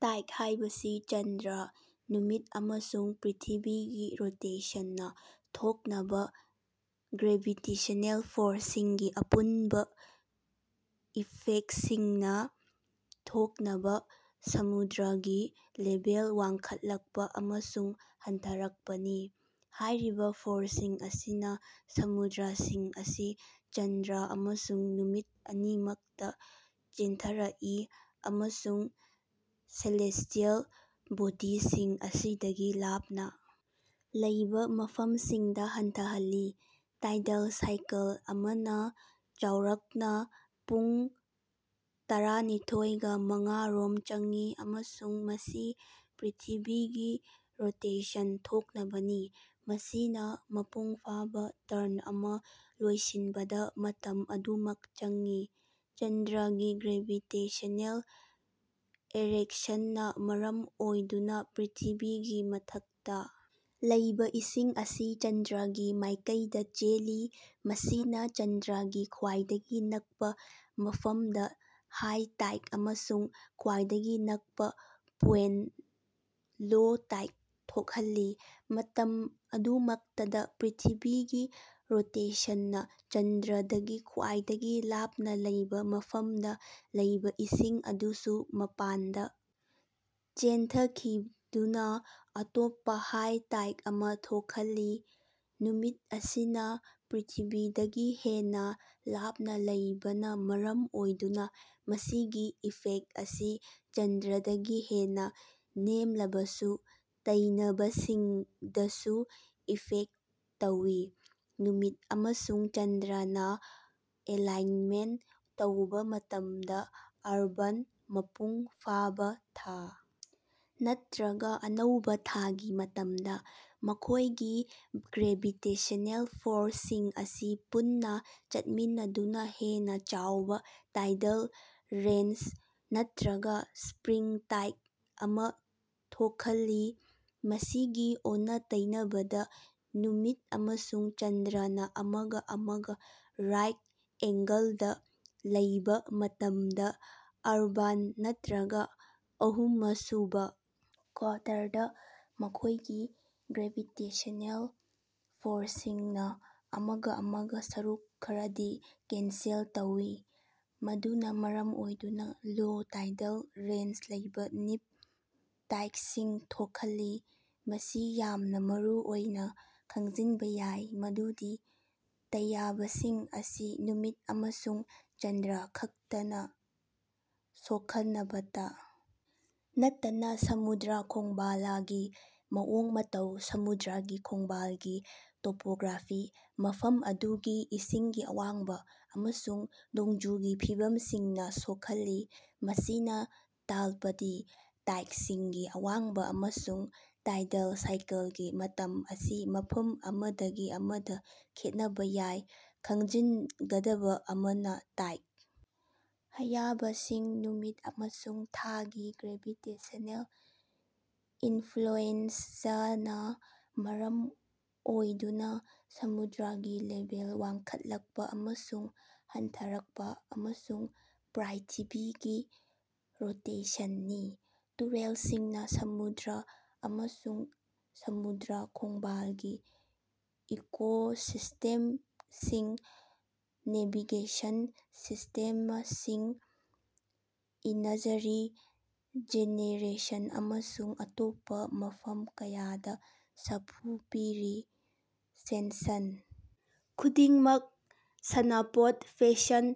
ꯇꯥꯏ ꯍꯥꯏꯕꯁꯤ ꯆꯟꯗ꯭ꯔ, ꯅꯨꯃꯤꯠ ꯑꯃꯁꯨꯡ ꯄ꯭ꯔ꯭ꯤꯊꯤꯕꯤꯒꯤ ꯔꯣꯇꯦꯁꯟꯅ ꯊꯣꯛꯅꯕ ꯒ꯭ꯔꯦꯚꯤꯇꯦꯁꯅꯦꯜ ꯐꯣꯔꯁꯤꯡꯒꯤ ꯑꯄꯨꯟꯕ ꯏꯐꯦꯛꯁꯤꯡꯅ ꯊꯣꯛꯅꯕ ꯁꯃꯨꯗ꯭ꯔꯒꯤ ꯂꯦꯚꯦꯜ ꯋꯥꯡꯈꯠꯂꯛꯄ ꯑꯃꯁꯨꯡ ꯍꯟꯊꯔꯛꯄꯅꯤ꯫ ꯍꯥꯏꯔꯤꯕ ꯐꯣꯔꯁꯤꯡ ꯑꯁꯤꯅ ꯁꯃꯨꯗ꯭ꯔꯁꯤꯡ ꯑꯁꯤ ꯆꯟꯗ꯭ꯔ ꯑꯃꯁꯨꯡ ꯅꯨꯃꯤꯠ ꯑꯅꯤꯃꯛꯇ ꯆꯦꯟꯊꯔꯛꯏ, ꯑꯃꯁꯨꯡ ꯁꯦꯂꯦꯁ꯭ꯇꯤꯑꯦꯜ ꯕꯣꯗꯤꯁꯤꯡ ꯑꯁꯤꯗꯒꯤ ꯂꯥꯞꯅ ꯂꯩꯕ ꯃꯐꯝꯁꯤꯡꯗ ꯍꯟꯊꯍꯜꯂꯤ꯫ ꯇꯥꯏꯗꯜ ꯁꯥꯏꯀꯜ ꯑꯃꯅ ꯆꯥꯎꯔꯥꯛꯅ ꯄꯨꯡ ꯇꯔꯥ ꯅꯤꯊꯣꯏꯒ꯬ ꯃꯉꯥ ꯔꯣꯝ ꯆꯪꯏ ꯑꯃꯁꯨꯡ ꯃꯁꯤ ꯄ꯭ꯔ꯭ꯤꯊꯤꯕꯤꯒꯤ ꯔꯣꯇꯦꯁꯟ ꯊꯣꯛꯅꯕꯅꯤ, ꯃꯁꯤꯅ ꯃꯄꯨꯡꯐꯥꯕ ꯇꯔꯟ ꯑꯃ ꯂꯣꯏꯁꯤꯟꯕꯗ ꯃꯇꯝ ꯑꯗꯨꯃꯛ ꯆꯪꯏ꯫ ꯆꯟꯗ꯭ꯔꯒꯤ ꯒ꯭ꯔꯦꯚꯤꯇꯦꯁꯅꯦꯜ ꯑꯦꯠꯔꯦꯛꯁꯟꯅ ꯃꯔꯝ ꯑꯣꯏꯗꯨꯅ ꯄ꯭ꯔ꯭ꯤꯊꯤꯕꯤꯒꯤ ꯃꯊꯛꯇ ꯂꯩꯕ ꯏꯁꯤꯡ ꯑꯁꯤ ꯆꯟꯗ꯭ꯔꯒꯤ ꯃꯥꯏꯀꯩꯗ ꯆꯦꯜꯂꯤ꯫ ꯃꯁꯤꯅ ꯆꯟꯗ꯭ꯔꯒꯤ ꯈ꯭ꯋꯥꯏꯗꯒꯤ ꯅꯛꯄ ꯃꯐꯝꯗ ꯍꯥꯏ ꯇꯥꯏꯗ ꯑꯃꯁꯨꯡ ꯈ꯭ꯋꯥꯏꯗꯒꯤ ꯅꯛꯄ ꯄꯣꯏꯟꯠꯇ ꯂꯣ ꯇꯥꯏꯗ ꯊꯣꯛꯈꯜꯂꯤ꯫ ꯃꯇꯝ ꯑꯗꯨꯃꯛꯇꯗ ꯄ꯭ꯔ꯭ꯤꯊꯤꯕꯤꯒꯤ ꯔꯣꯇꯦꯁꯟꯅ ꯆꯟꯗ꯭ꯔꯗꯒꯤ ꯈ꯭ꯋꯥꯏꯗꯒꯤ ꯂꯥꯞꯅ ꯂꯩꯕ ꯃꯐꯝꯗ ꯂꯩꯕ ꯏꯁꯤꯡ ꯑꯗꯨꯁꯨ ꯃꯄꯥꯟꯗ ꯆꯦꯟꯊꯈꯤꯗꯨꯅ ꯑꯇꯣꯞꯄ ꯍꯥꯏ ꯇꯥꯏꯗ ꯑꯃꯥ ꯊꯣꯈꯜꯂꯤ꯫ ꯅꯨꯃꯤꯠ ꯑꯁꯤꯅ ꯄ꯭ꯔ꯭ꯤꯊꯤꯕꯤꯗꯒꯤ ꯍꯦꯟꯅ ꯂꯥꯞꯅ ꯂꯩꯕꯅ ꯃꯔꯝ ꯑꯣꯏꯗꯨꯅ ꯃꯁꯤꯒꯤ ꯏꯐꯦꯛꯇ ꯑꯁꯤ ꯆꯟꯗ꯭ꯔꯗꯒꯤ ꯍꯦꯟꯅ ꯅꯦꯝꯂꯕꯁꯨ ꯇꯩꯅꯕꯁꯤꯡꯗꯁꯨ ꯏꯐꯦꯛꯇ ꯇꯧꯏ꯫ ꯅꯨꯃꯤꯠ ꯑꯃꯁꯨꯡ ꯆꯟꯗ꯭ꯔꯅ ꯑꯦꯂꯥꯏꯟꯃꯦꯟꯇ ꯇꯧꯕ ꯃꯇꯝꯗ (ꯑꯔꯕꯥꯟ, ꯃꯄꯨꯡ ꯐꯥꯕ ꯊꯥ ꯅꯠꯇꯔꯒ ꯑꯅꯧꯕ ꯊꯥꯒꯤ ꯃꯇꯝꯗ) ꯃꯈꯣꯏꯒꯤ ꯒ꯭ꯔꯦꯚꯤꯇꯦꯁꯅꯦꯜ ꯐꯣꯔꯁꯤꯡ ꯑꯁꯤ ꯄꯨꯟꯅ ꯆꯠꯃꯤꯟꯅꯗꯨꯅ ꯍꯦꯟꯅ ꯆꯥꯎꯕ ꯇꯥꯏꯗꯜ ꯔꯦꯟꯖ ꯅꯠꯇꯔꯒ ꯁ꯭ꯞꯔꯤꯡ ꯇꯥꯏꯗ ꯑꯃꯥ ꯊꯣꯈꯜꯂꯤ꯫ ꯃꯁꯤꯒꯤ ꯑꯣꯟꯅ-ꯇꯩꯅꯕꯗ, ꯅꯨꯃꯤꯠ ꯑꯃꯁꯨꯡ ꯆꯟꯗ꯭ꯔꯅ ꯑꯃꯒ ꯑꯃꯒ ꯔꯥꯏꯠ ꯑꯦꯉ꯭ꯒꯂꯗꯥ ꯂꯩꯕꯥ ꯃꯇꯝꯗ (ꯑꯔꯕꯥꯟ ꯅꯠꯇꯔꯒ ꯑꯍꯨꯃꯁꯨꯕ ꯀ꯭ꯋꯥꯇꯔꯗꯥ) ꯃꯈꯣꯏꯒꯤ ꯒ꯭ꯔꯦꯚꯤꯇꯦꯁꯅꯦꯜ ꯐꯣꯔꯁꯤꯡꯅ ꯑꯃꯒ ꯑꯃꯒ ꯁꯔꯨꯛ ꯈꯔꯗꯤ ꯀꯦꯟꯁꯦꯜ ꯇꯧꯏ, ꯃꯗꯨꯅ ꯃꯔꯝ ꯑꯣꯏꯗꯨꯅ ꯂꯣ ꯇꯥꯏꯗꯜ ꯔꯦꯟꯖ ꯂꯩꯕ ꯅꯤꯞ ꯇꯥꯏꯗꯁꯤꯡ ꯊꯣꯈꯜꯂꯤ꯫ ꯃꯁꯤ ꯌꯥꯝꯅꯥ ꯃꯔꯨꯑꯣꯏꯅ ꯈꯡꯖꯤꯟꯕ ꯌꯥꯏ ꯃꯗꯨꯗꯤ ꯇꯩꯌꯕꯁꯤꯡ ꯑꯁꯤ ꯅꯨꯃꯤꯠ ꯑꯃꯁꯨꯡ ꯆꯟꯗ꯭ꯔ ꯈꯛꯇꯅ ꯁꯣꯈꯟꯕꯇ ꯅꯠꯇꯅ ꯁꯃꯨꯗ꯭ꯔ ꯈꯣꯡꯕꯥꯜꯒꯤ ꯃꯑꯣꯡ ꯃꯇꯧ, ꯁꯃꯨꯗ꯭ꯔꯒꯤ ꯈꯣꯡꯕꯥꯜꯒꯤ ꯇꯣꯄꯣꯒ꯭ꯔꯥꯐꯤ, ꯃꯐꯝ ꯑꯗꯨꯒꯤ ꯏꯁꯤꯡꯒꯤ ꯑꯋꯥꯡꯕ, ꯑꯃꯁꯨꯡ ꯅꯣꯡꯖꯨꯒꯤ ꯐꯤꯕꯝꯁꯤꯡꯅ ꯁꯣꯈꯜꯂꯤ꯫ ꯃꯁꯤꯅ ꯇꯥꯜꯄꯗꯤ ꯇꯥꯏꯗꯁꯤꯡꯒꯤ ꯑꯋꯥꯡꯕ ꯑꯃꯁꯨꯡ ꯇꯥꯏꯗꯜ ꯁꯥꯏꯀꯜꯒꯤ ꯃꯇꯝ ꯑꯁꯤ ꯃꯐꯝ ꯑꯃꯗꯒꯤ ꯑꯃꯗ ꯈꯦꯠꯅꯕ ꯌꯥꯏ꯫ ꯈꯪꯖꯤꯟꯒꯗꯕ ꯑꯃꯅ, ꯇꯥꯏ ꯍꯥꯌꯕꯁꯤ ꯅꯨꯃꯤꯠ ꯑꯃꯁꯨꯡ ꯊꯥꯒꯤ ꯒ꯭ꯔꯦꯚꯤꯇꯦꯁꯅꯦꯜ ꯏꯅꯐ꯭ꯂꯨꯑꯦꯟꯖꯥꯅ ꯃꯔꯝ ꯑꯣꯏꯗꯨꯅ ꯁꯃꯨꯗ꯭ꯔꯒꯤ ꯂꯦꯚꯦꯜ ꯋꯥꯡꯈꯠꯂꯛꯄ ꯑꯃꯁꯨꯡ ꯍꯟꯊꯔꯛꯄ, ꯑꯃꯁꯨꯡ ꯄ꯭ꯔ꯭ꯏꯊꯤꯕꯤꯒꯤ ꯔꯣꯇꯦꯁꯟꯅꯤ꯫ ꯇꯨꯔꯦꯜꯁꯤꯡꯅ ꯁꯃꯨꯗ꯭ꯔ ꯑꯃꯁꯨꯡ ꯁꯃꯨꯗ꯭ꯔ ꯈꯣꯡꯕꯥꯜꯒꯤ ꯏꯀꯣꯁꯤꯁ꯭ꯇꯦꯝꯁꯤꯡ, ꯅꯦꯚꯤꯒꯦꯁꯟ ꯁꯤꯁ꯭ꯇꯦꯃꯁꯤꯡ, ꯏꯅꯔꯖꯤ ꯖꯦꯅꯦꯔꯦꯁꯟ ꯑꯃꯁꯨꯡ ꯑꯇꯣꯞꯄ ꯃꯐꯝ ꯀꯌꯥꯗ ꯁꯥꯐꯨ ꯄꯤꯔꯤ꯫ ꯁꯦꯟꯁꯟ ꯈꯨꯗꯤꯡꯃꯛ ꯁꯥꯟꯅꯄꯣꯠ, ꯐꯦꯁꯟ,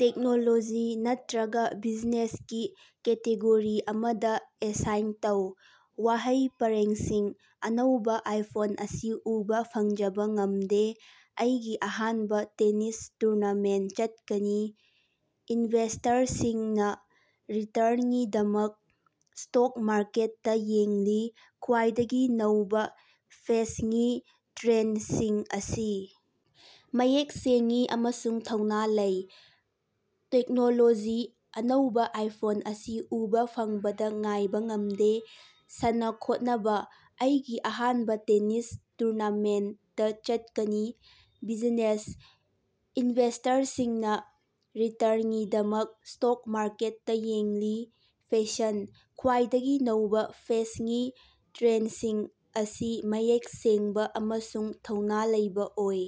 ꯇꯦꯛꯅꯣꯂꯣꯖꯤ ꯅꯠꯇꯔꯒ ꯕꯤꯖꯤꯅꯦꯁꯀꯤ ꯀꯦꯇꯦꯒꯣꯔꯤ ꯑꯃꯗ ꯑꯦꯁꯥꯏꯟ ꯇꯧ꯫ ꯋꯥꯍꯩ ꯄꯔꯦꯡꯁꯤꯡ: -ꯑꯅꯧꯕ ꯑꯥꯏꯐꯣꯟ ꯑꯁꯤ ꯎꯕ ꯐꯪꯖꯕ ꯉꯝꯗꯦ꯫ -ꯑꯩꯒꯤ ꯑꯍꯥꯟꯕ ꯇꯦꯅꯤꯁ ꯇꯨꯔꯅꯥꯃꯦꯟꯠ ꯆꯠꯀꯅꯤ꯫ -ꯏꯟꯚꯦꯁ꯭ꯇꯔꯁꯤꯡꯅ ꯔꯤꯇꯔꯉꯤꯗꯃꯛ ꯁ꯭ꯇꯣꯛ ꯃꯥꯔꯀꯦꯠꯇ ꯌꯦꯡꯂꯤ꯫ -ꯈ꯭ꯋꯥꯏꯗꯒꯤ ꯅꯧꯕ ꯐꯦꯁꯉꯤ ꯇ꯭ꯔꯦꯟꯗꯁꯤꯡ ꯑꯁꯤ ꯃꯌꯦꯛ ꯁꯦꯡꯏ ꯑꯃꯁꯨꯡ ꯊꯧꯅꯥ ꯂꯩ꯫ ꯇꯦꯛꯅꯣꯂꯣꯖꯤ: ꯑꯅꯧꯕ ꯑꯥꯏꯐꯣꯟ ꯑꯁꯤ ꯎꯕ ꯐꯪꯕꯗ ꯉꯥꯏꯕ ꯉꯝꯗꯦ꯫ ꯁꯥꯟꯅ-ꯈꯣꯠꯅꯕ: ꯑꯩꯒꯤ ꯑꯍꯥꯟꯕ ꯇꯦꯅꯤꯁ ꯇꯨꯔꯅꯥꯃꯦꯟꯇ ꯆꯠꯀꯅꯤ꯫ ꯕꯤꯖꯤꯅꯦꯁ: ꯏꯟꯚꯦꯁ꯭ꯇꯔꯁꯤꯡꯅ ꯔꯤꯇꯔꯒꯤꯗꯃꯛ ꯁ꯭ꯇꯣꯛ ꯃꯥꯔꯀꯦꯠꯇ ꯌꯦꯡꯂꯤ꯫ ꯐꯦꯁꯟ: ꯈ꯭ꯋꯥꯏꯗꯒꯤ ꯅꯧꯕ ꯐꯦꯁꯉꯤ ꯇ꯭ꯔꯦꯟꯗꯁꯤꯡ ꯑꯁꯤ ꯃꯌꯦꯛ ꯁꯦꯡꯕ ꯑꯃꯁꯨꯡ ꯊꯧꯅꯥ ꯂꯩꯕ ꯑꯣꯏ꯫